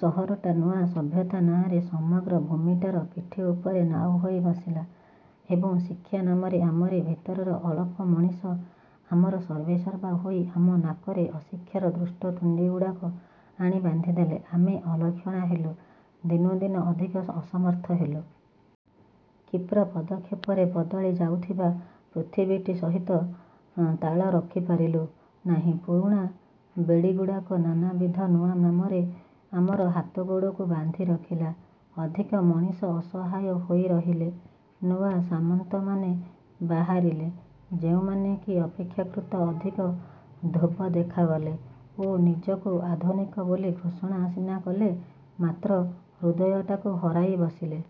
ସହରଟା ନୂଆ ସଭ୍ୟତା ନାଆଁରେ ସମଗ୍ର ଭୂମିଟାର ପିଠି ଉପରେ ନାଉ ହୋଇ ବସିଲା ଏବଂ ଶିକ୍ଷା ନାମରେ ଆମରି ଭିତରର ଅଳପ ମଣିଷ ଆମର ସର୍ବେସର୍ବା ହୋଇ ଆମ ନାକରେ ଅଶିକ୍ଷାର ଦୁଷ୍ଟ ତୁଣ୍ଡିଗୁଡ଼ାକୁ ଆଣି ବାନ୍ଧିଦେଲେ। ଆମେ ଅଲକ୍ଷଣା ହେଲୁ, ଦିନୁଦିନ ଅଧିକ ଅସମର୍ଥ ହେଲୁ। କ୍ଷିପ୍ର ପଦକ୍ଷେପରେ ବଦଳି ଯାଉଥିବା ପୃଥିବୀଟି ସହିତ ତାଳ ରଖିପାରିଲୁ ନାହିଁ। ପୁରୁଣା ବେଡ଼ିଗୁଡ଼ାକ ନାନାବିଧ ନୂଆ ନାମରେ ଆମର ହାତଗୋଡ଼କୁ ବାନ୍ଧି ରଖିଲା। ଅଧିକ ମଣିଷ ଅସହାୟ ହୋଇରହିଲେ। ନୂଆ ସାମନ୍ତମାନେ ବାହାରିଲେ, ଯେଉଁମାନେ କି ଅପେକ୍ଷାକୃତ ଅଧିକ ଧୋବ ଦେଖାଗଲେ ଓ ନିଜକୁ ଆଧୁନିକ ବୋଲି ଘୋଷଣା ସିନା କଲେ, ମାତ୍ର ହୃଦୟଟାକୁ ହରାଇ ବସିଲେ।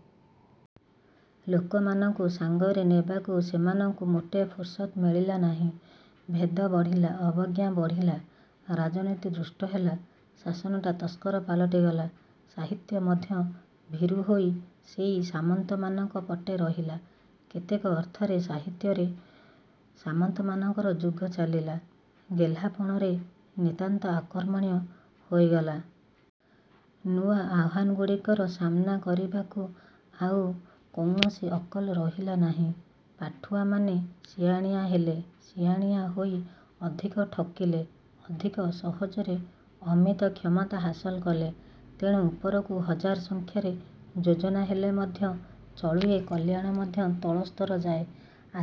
ଲୋକମାନଙ୍କୁ ସାଙ୍ଗରେ ନେବାକୁ ସେମାନଙ୍କୁ ମୋଟେ ଫୁରୁସତ ମିଳିଲା ନାହିଁ। ଭେଦ ବଢ଼ିଲା, ଅବଜ୍ଞା ବଢ଼ିଲା, ରାଜନୀତି ଦୁଷ୍ଟ ହେଲା, ଶାସନଟା ତସ୍କର ପାଲଟିଗଲା। ସାହିତ୍ୟ ମଧ୍ୟ ଭୀରୁ ହୋଇ ସେଇ ସାମନ୍ତମାନଙ୍କ ପଟେ ରହିଲା। କେତେକ ଅର୍ଥରେ ସାହିତ୍ୟରେ ସାମନ୍ତମାନଙ୍କର ଯୁଗ ଚାଲିଲା, ଗେହ୍ଲାପଣରେ ନିତାନ୍ତ ଅକର୍ମଣ୍ୟ ହୋଇଗଲା। ନୂଆ ଆହ୍ୱାନଗୁଡ଼ିକର ସାମନା କରିବାକୁ ଆଉ କୌଣସି ଅକଲ ରହିଲା ନାହିଁ। ପାଠୁଆମାନେ ସିଆଣିଆ ହେଲେ, ସିଆଣିଆ ହୋଇ ଅଧିକ ଠକିଲେ, ଅଧିକ ସହଜରେ ଅମିତ କ୍ଷମତା ହାସଲ କଲେ। ତେଣୁ, ଉପରକୁ ହଜାର ସଂଖ୍ୟାରେ ଯୋଜନା ହେଲେ ମଧ୍ୟ ଚଳୁଏ କଲ୍ୟାଣ ମଧ୍ୟ ତଳସ୍ତର ଯାଏ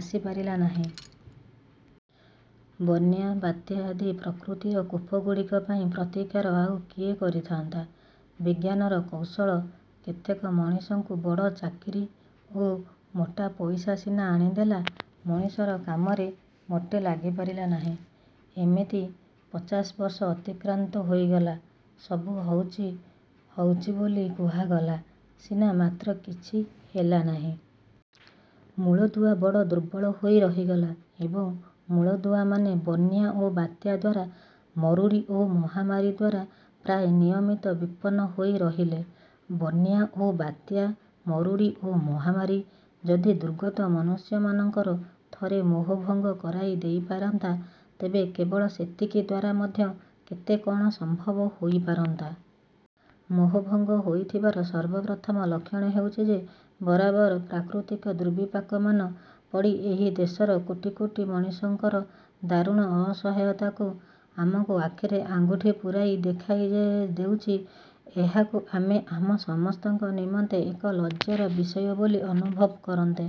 ଆସିପାରିଲା ନାହିଁ। ବନ୍ୟା, ବାତ୍ୟା ଆଦି ପ୍ରକୃତିର କୋପଗୁଡ଼ିକ ପାଇଁ ପ୍ରତିକାର ଆଉ କିଏ କରିଥାନ୍ତା? ବିଜ୍ଞାନର କୌଶଳ କେତେକ ମଣିଷଙ୍କୁ ବଡ଼ ଚାକିରି ଓ ମୋଟା ପଇସା ସିନା ଆଣିଦେଲା, ମଣିଷର କାମରେ ମୋଟେ ଲାଗିପାରିଲା ନାହିଁ। ଏମିତି ଏମିତି ପଚାଶ ବର୍ଷ ଅତିକ୍ରାନ୍ତ ହୋଇଗଲା। ସବୁ ହଉଚି ହଉଚି ବୋଲି କୁହାଗଲା ସିନା, ମାତ୍ର କିଛି ହେଲାନାହିଁ। ମୂଳଦୁଆ ବଡ଼ ଦୁର୍ବଳ ହୋଇ ରହିଗଲା। ଏବଂ, ମୂଳଦୁଆମାନେ ବନ୍ୟା ଓ ବାତ୍ୟା ଦ୍ୱାରା, ମରୁଡ଼ି ଓ ମହାମାରୀ ଦ୍ୱାରା ପ୍ରାୟ ନିୟମିତ ବିପନ୍ନ ହୋଇ ରହିଲେ। ବନ୍ୟା ଓ ବାତ୍ୟା, ମରୁଡ଼ି ଓ ମହାମାରୀ ଯଦି ଦୁର୍ଗତ ମନୁଷ୍ୟମାନଙ୍କର ଥରେ ମୋହଭଙ୍ଗ କରାଇ ଦେଇପାରନ୍ତା, ତେବେ କେବଳ ସେତିକି ଦ୍ଵାରା ମଧ୍ୟ କେତେ କ'ଣ ସମ୍ଭବ ହୋଇପାରନ୍ତା। ମୋହଭଙ୍ଗ ହୋଇଥିବାର ସର୍ବପ୍ରଥମ ଲକ୍ଷଣ ହେଉଛି ଯେ ବରାବର ପ୍ରାକୃତିକ ଦୁର୍ବିପାକମାନ ପଡ଼ି ଏହି ଦେଶର କୋଟି କୋଟି ମଣିଷଙ୍କର ଦାରୁଣ ଅସହାୟତାକୁ ଆମକୁ ଆଖିରେ ଆଙ୍ଗୁଠି ପୂରାଇ ଦେଖାଇ ଯେ ଦେଉଛି, ଏହାକୁ ଆମେ ଆମ ସମସ୍ତଙ୍କ ନିମନ୍ତେ ଏକ ଲଜ୍ଜାର ବିଷୟ ବୋଲି ଅନୁଭବ କରନ୍ତେ।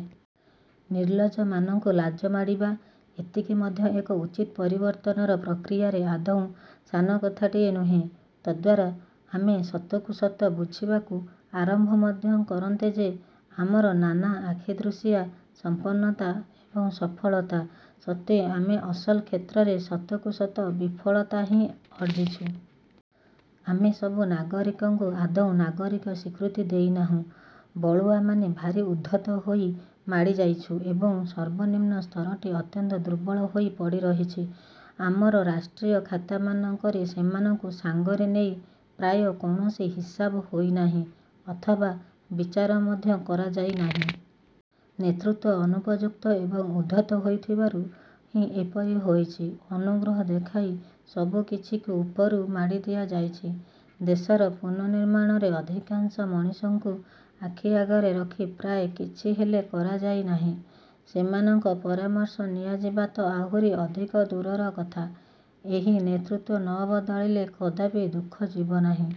ନିର୍ଲଜ୍ଜମାନଙ୍କୁ ଲାଜ ମାଡ଼ିବା, ଏତିକି ମଧ୍ୟ ଏକ ଉଚିତ ପରିବର୍ତ୍ତନର ପ୍ରକ୍ରିୟାରେ ଆଦୌ ସାନକଥାଟିଏ ନୁହେଁ। ତଦ୍ଦ୍ୱାରା ଆମେ ସତକୁ ସତ ବୁଝିବାକୁ ଆରମ୍ଭ ମଧ୍ୟ କରନ୍ତେ ଯେ ଆମର ନାନା ଆଖିଦୃଶିଆ ସମ୍ପନ୍ନତା ଏବଂ ସଫଳତା ସତ୍ତ୍ୱେ ଆମେ ଅସଲ କ୍ଷେତ୍ରରେ ସତକୁ ସତ ବିଫଳତା ହିଁ ଅର୍ଜିଛୁ। ଆମେ ସବୁ ନାଗରିକଙ୍କୁ ଆଦୌ ନାଗରିକ ସ୍ୱୀକୃତି ଦେଇନାହୁଁ। ବଳୁଆମାନେ ଭାରି ଉଦ୍ଧତ ହୋଇ ମାଡ଼ିଯାଇଛୁ ଏବଂ ସର୍ବନିମ୍ନ ସ୍ତରଟି ଅତ୍ୟନ୍ତ ଦୁର୍ବଳ ହୋଇ ପଡ଼ିରହିଛି। ଆମର ରାଷ୍ଟ୍ରୀୟ ଖାତାମାନଙ୍କରେ ସେମାନଙ୍କୁ ସାଙ୍ଗରେ ନେଇ ପ୍ରାୟ କୌଣସି ହିସାବ ହୋଇନାହିଁ ଅଥବା ବିଚାର ମଧ୍ୟ କରାଯାଇନାହିଁ। ନେତୃତ୍ୱ ଅନୁପଯୁକ୍ତ ଏବଂ ଉଦ୍ଧତ ହୋଇଥିବାରୁ ହିଁ ଏପରି ହୋଇଛି। ଅନୁଗ୍ରହ ଦେଖାଇ ସବୁ କିଛିକୁ ଉପରୁ ମାଡ଼ିଦିଆଯାଇଛି। ଦେଶର ପୁନନିର୍ମାଣରେ ଅଧିକାଂଶ ମଣିଷଙ୍କୁ ଆଖି ଆଗରେ ରଖି ପ୍ରାୟ କିଛି ହେଲେ କରାଯାଇନାହିଁ। ସେମାନଙ୍କ ପରାମର୍ଶ ନିଆଯିବା ତ ଆହୁରି ଅଧିକ ଦୂରର କଥା। ଏହି ନେତୃତ୍ୱ ନବଦଳିଲେ କଦାପି ଦୁଃଖ ଯିବନାହିଁ।